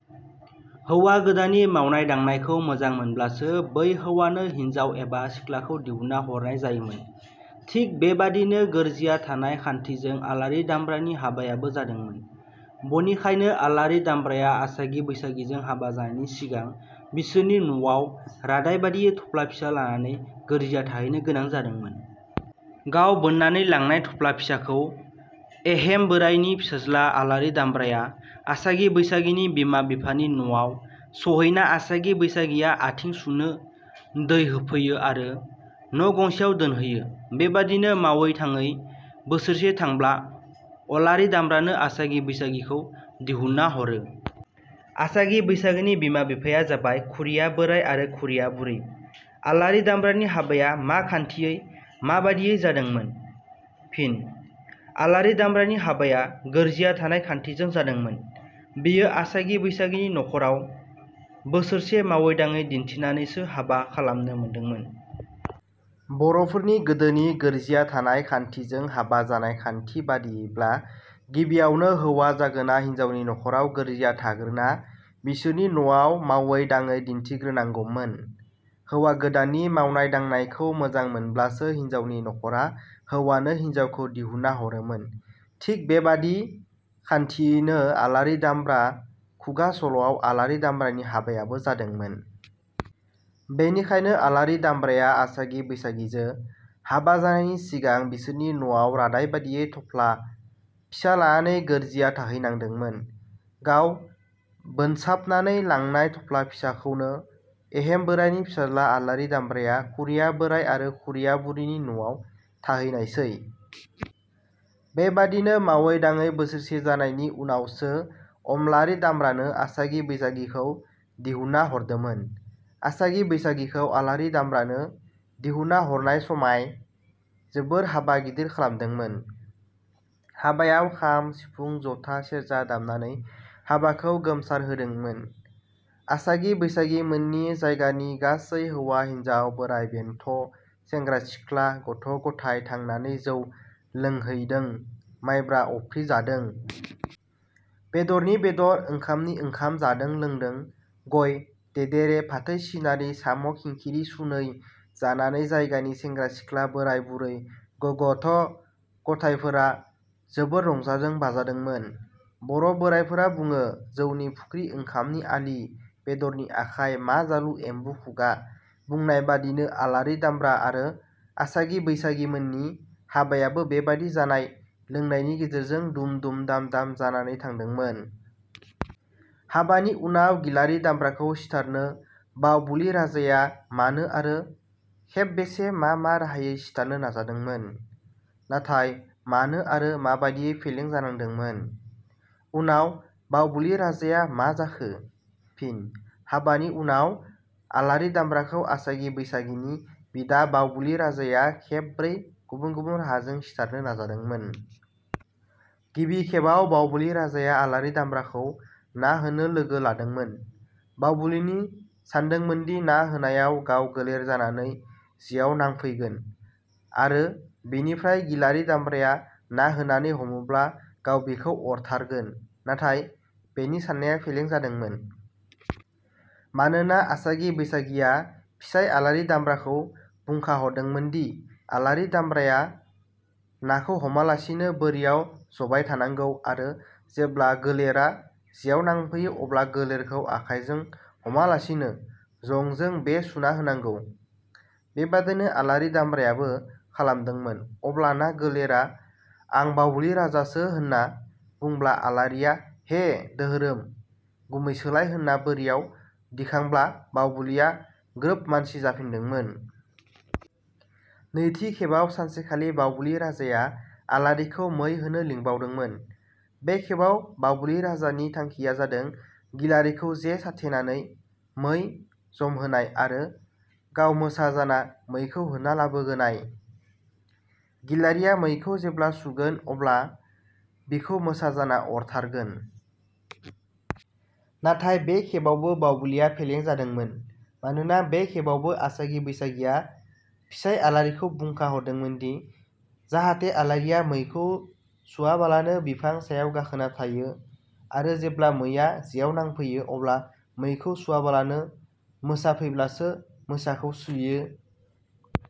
हौवा गोदाननि मावनाय-दांनायखौ मोजां मोनब्लासो बै हौवानो हिनजाव एबा सिख्लाखौ दिहुनना हरनाय जायोमोन। थिग बेबादिनो गोरजिया थानाय खान्थिजों आलारि दामब्रानि हाबायाबो जादोंमोन बनिखायनो आलारि दामब्राया आसागि बैसागिजों हाबा जानायनि सिगां बिसोरनि नवाव रादाय बादियै थफ्ला फिसा लानानै गोरजिया थाहैनो गोनां जादोंमोन। गाव बोननानै लांनाय थफ्ला फिसाखौ एहेम बोराइनि फिसाज्ला आलारि दामब्राया आसागि बैसागिनि बिमा बिफानि न'आव सहैना आसागि बैसागिया आथिं सुनो दै होफैयो आरो न' गंसेयाव दोनहैयो। बेबादिनो मावै थाङै बोसोरसे थांब्ला अलारि दामब्रानो आसागि बैसागिखौ दिहुनना हरो। आसागि बैसागिनि बिमा बिफाया जाबाय खुरिया बोराइ आरो खुरिया बुरै।. आलारि दामब्रानि हाबाया मा खान्थियै माबादियै जादोंमोन? फिनः आलारि दामब्रानि हाबाया गोरजिया थानाय खान्थिजों जादोंमोन। बियो आसागि बैसागिनि नख'राव बोसोरसे मावै दाङै दिन्थिनानैसो हाबा खालामनो मोनदोंमोन। बर'फोरनि गोदोनि गोरजिया थानाय खान्थिजों हाबा जानाय खान्थि बादियैब्ला गिबियावनो हौवा जागोना हिनजावनि नख'राव गोरजिया थाग्रोना बिसोरनि न'आव मावै-दाङै दिन्थिग्रोनांगौमोन। हौवा गोदाननि मावनाय-दांनायखौ मोजां मोनब्लासो हिनजावनि नखारा हौवानो हिनजावखौ दिहुनना हरोमोन। थिग बेबादि खान्थियैनो आलारि दामब्रा खुगा सल'आव आलारि दामब्रानि हाबायाबो जादोंमोन। बेनिखायनो आलारि दामब्राया आसागि बैसागिजो हाबा जानायनि सिगां बिसोरनि न'आव रादाय बादियै थफ्ला फिसा लानानै गोरजिया थाहैनांदोंमोन। गाव बोनसाबनानै लांनाय थफ्ला फिसाखौनो एहेम बोराइनि फिसाला आलारि दामब्राया खुरिया बोराइ आरो खुरिया बुरैनि नवाव थाहैनायसै। बेबादिनो मावै दाङै बोसोरसे जानायनि उनावसो अमलारि दामब्रानो आसागि बैसागिखौ दिहुनना हरदो़मोन। आसागि बैसागिखौ आलारि दामब्रानो दिहुनना हरनाय समाय जोबोर हाबा गिदिर खालामदोंमोन। हाबायाव खाम, सिफुं, जथा, सेरजा दामनानै हाबाखौ गोमसार होदोंमोन। आसागि बैसागिमोननि जायगानि गासै हौवा हिनजाव, बोराइ-बेन्थ', सेंग्रा-सिख्ला, गथ'- गथाइ थांनानै जौ लोंहैदों, माइब्रा- अफ्रि जादों। बेदरनि बेदर, ओंखामनि ओंखाम जादों लोंदों, गय देदेरे, फाथै सिनारि, साम' खिंखिरि सुनै- जानानै जायगानि सेंग्रा- सिख्ला, बोराइ-बुरै, गगथ'-गथायफोरा जोबोर रंजादों बाजादोंमोन। बर' बोराइफोरा बुङो- जौनि फुख्रि, ओंखामनि आलि, बेदरनि आखाय मा जालु एमबु खुगा बुंनाय बादिनो आलारि दामब्रा आरो आसागि बैसागिमोननि हाबायाबो बेबादि जानाय लोंनायनि गेजेरजों दुम-दुम दाम-दाम जानानै थांदोंमोन।. हाबानि उनाव गिलारि दामब्राखौ सिथारनो बावबुलि राजाया मानो आरो खेबबेसे मा मा राहायै सिथारनो नाजादोंमोन। नाथाय मानो आरो माबादियै फेलें जानांदोंमोन? उनाव बावबुलि राजाहा मा जाखो? फिन: हाबानि उनाव आलारि दामब्राखौ आसागि बैसागिनि बिदा बावबुलि राजाया खेब ब्रै गुबुन गुबुन राहाजों सिथारनो नाजादोंमोन। गिबि खेबाव बावबुलि राजाया आलारि दामब्राखौ ना होनो लोगो लादोंमोन। बावबुलिनि सानदोंमोनदि ना होनायाव गाव गोलेर जानानै जेयाव नांफैगोन आरो बेनिफ्राय गिलारि दामब्राया ना होननानै हमोब्ला गाव बिखौ अरथारगोन। नाथाइ बेनि साननाया फेलें जादोंमोन। मानोना आसागि बैसागिया। फिसाइ आलारि दामब्राखौ बुंखा हरदोंमोनदि- आलारि दामब्राया नाखौ हमालासिनो बोरियाव ज'बाय थानांगौ आरो जेब्ला गोलेरा जेयाव नांफैयो अब्ला गोलेरखौ आखाइजों हमालासिनो जंजों बे सुना होनांगौ। बेबादिनो आलारि दामब्रायाबो खालामदोंमोन अब्लाना गोलेरा आं बावबुलि राजासो होनना बुब्ला आलारिया हे दोहोरोम गुमैसोलाय होनना बोरियाव दिखांब्ला बावबुलिया ग्रोब मानसि जाफिनदोंमोन। नैथि खेबाव सानसेखालि बावबुलि राजाया आलारिखौ मै होनो लिंबावदोंमोन। बे खेबाव बावबुलि राजानि थांखिया जादों गिलारिखौ जे साथेनानै मै जमहोनाय आरो गाव मोसा जाना मैखौ होना लाबोगोनाय। गिलारिया मैखौ जेब्ला सुगोन अब्ला बिखौ मोसा जाना अरथारगोन। नाथाय बे खेबावबो बावबुलिया फेलें जादोंमोन। मानोना बे खेबावबो आसागि बैसागिया फिसाइ आलारिखौ बुंखा हरदोंमोनदि- जाहाथे आलारिया मैखौ सुवाबालानो बिफां सायाव गाखोना थायो आरो जेब्ला मैआ जेआव नांफैयो अब्ला मैखौ सुवाबालानो मोसा फैब्लासो मोसाखौ सुयो।